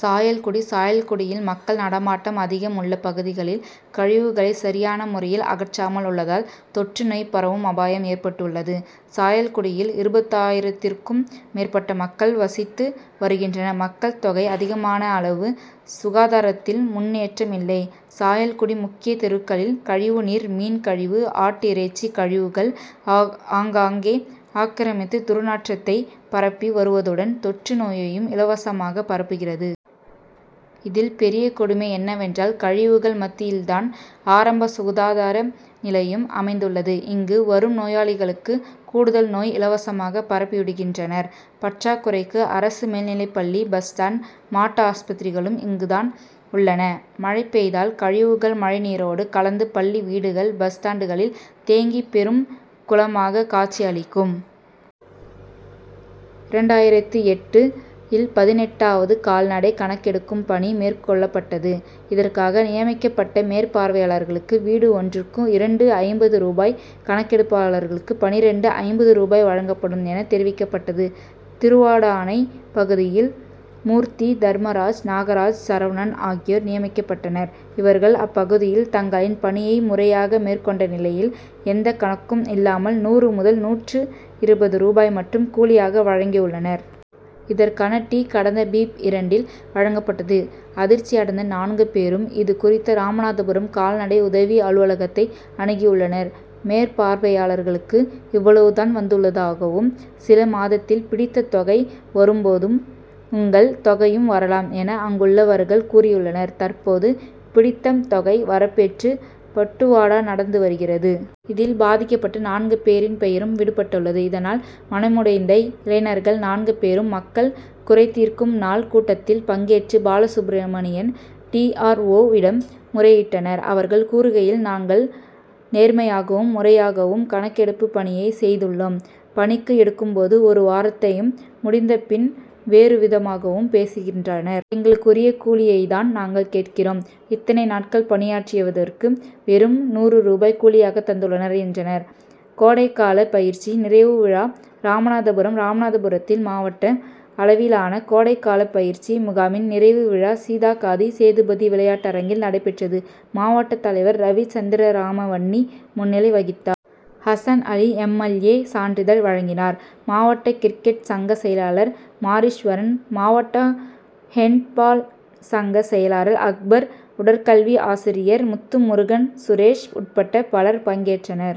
சாயல்குடி சாயல்குடியில் மக்கள் நடமாட்டம் அதிகம் உள்ள பகுதிகளில் கழிவுகளை சரியான முறையில் அகற்றாமல் உள்ளதால் தொற்று நோய் பரவும் அபாயம் ஏற்பட்டுள்ளது. சாயல்குடியில் இருபதாயிரத்திற்கும் மேற்பட்ட மக்கள் வசித்து வருகின்றனர். மக்கள் தொகை அதிகமான அளவு சுகாதாரத்தில் முன்னேற்றம் இல்லை. சாயல்குடி முக்கிய தெருக்களில் கழிவு நீர், மீன் கழிவு, ஆட்டு இறைச்சி கழிவுகள் ஆங்காங்கே ஆக்கிரமித்து துர்நாற்றத்தை பரப்பி வருவதுடன் தொற்று நோயையும் இலவசமாக பரப்புகிறது. இதில் பெரிய கொடுமை என்னவென்றால் கழிவுகள் மத்தியில்தான் ஆரம்ப சுகாதார நிலையம் அமைந்துள்ளதால் இங்கு வரும் நோயாளிகளுக்கு கூடுதல் நோய் இலவசமாக பரப்பிவிடுகின்றனர். பற்றாக்குறைக்கு அரசு மேல்நிலைப் பள்ளி, பஸ் ஸ்டாண்டு, மாட்டு ஆஸ்பத்திரிகளும் இங்குதான் உள்ளன. மழை பெய்தால் கழிவுகள் மழைநீரோடு கலந்து பள்ளி, வீடுகள், பஸ் ஸ்டாண்டுகளில் தேங்கி பெரும் குளமாக காட்சியளிக்கும். இரண்டாயிரத்து எட்டு இல் பதினெட்டாவது கால்நடை கணக்கெடுக்கும் பணி மேற்கொள்ளப்பட்டது. இதற்காக நியமிக்கப்பட்ட மேற்பார்வையாளர்களுக்கு வீடு ஒன்றுக்கு இரண்டு.ஐம்பது ரூபாய், கணக்கெடுப்பாளருக்கு பன்னிரண்டு. ஐம்பது ரூபாய் வழங்கப்படும் என தெரிவிக்கப்பட்டது. திருவாடானை பகுதியில் மூர்த்தி, தர்மராஜ், நாகராஜ், சரவணன் ஆகியோர் நியமிக்கப்பட்டனர். இவர்கள் அப்பகுதியில் தங்களின் பணியை முறையாக மேற்கொண்ட நிலையில், எந்த கணக்கும் இல்லாமல், நூறு முதல் நூற்று இருபது ரூபாயை மட்டும் கூலியாக வழங்கியுள்ளனர். இதற்கான டி. கடந்த பிப்.,இரண்டில் வழங்கப்பட்டது. அதிர்ச்சி அடைந்த நான்கு பேரும், இது குறித்து ராமநாதபுரம் கால்நடை உதவி அலுவலகத்தை அனுகியுள்ளனர். மேற்பார்வையாளர்களுக்கு இவ்வளவு தான் வந்துள்ளதாகவும், சில மாதத்தில் பிடித்த தொகை வரும் போதும், உங்கள் தொகையும் வரலாம் என, அங்குள்ளவர்கள் கூறியுள்ளனர். தற்போது பிடித்தம் தொகை வரப்பேற்று பட்டுவாடா நடந்து வருகிறது. இதில் பாதிக்கப்பட்ட நான்கு பேரின் பெயரும் விடுபட்டுள்ளது. இதனால் மனமுடைந்த இளைஞர்கள் நான்கு பேரும் மக்கள் குறைதீர்க்கும் நாள் கூட்டத்தில் பங்கேற்று, பாலசுப்பிரமணியன் டி. ஆர். ஓ.,விடம் முறையிட்டனர். அவர்கள் கூறுகையில், நாங்கள் நேர்மையாகவும், முறையாகவும் கணக்கெடுப்பு பணியை செய்துள்ளோம். பணிக்கு எடுக்கும் போது ஒரு வார்த்தையும், முடிந்த பின் வேறுவிதமாகவும் பேசுகின்றனர். எங்களுக்குரிய கூலியை தான் நாங்கள் கேட்கிறோம். இத்தனை நாட்கள் பணியாற்றியதற்கு வெறும் நூறு ரூபாயை கூலியாக தந்துள்ளனர், என்றனர். கோடை கால பயிற்சி நிறைவு விழா ராமநாதபுரம் ராமநாதபுரத்தில் மாவட்ட அளவிலான கோடைகால பயிற்சி முகாமின் நிறைவு விழா சீதக்காதி சேதுபதி விளையாட்டரங்கில் நடைபெற்றது. மாவட்ட தலைவர் ரவிசந்திரராமவன்னி முன்னிலை வகித்தார். Hasan Ali M. L. A. சான்றிதழ் வழங்கினார். மாவட்ட கிரிக்கெட் சங்க செயலாளர் மாரீஸ்வரன், மாவட்ட ஹேண்ட்பால் சங்க செயலாளர் அக்பர், உடற்கல்வி ஆசிரியர் முத்துமுருகன் சுரேஷ் உட்பட்ட பலர் பங்கேற்றனர்.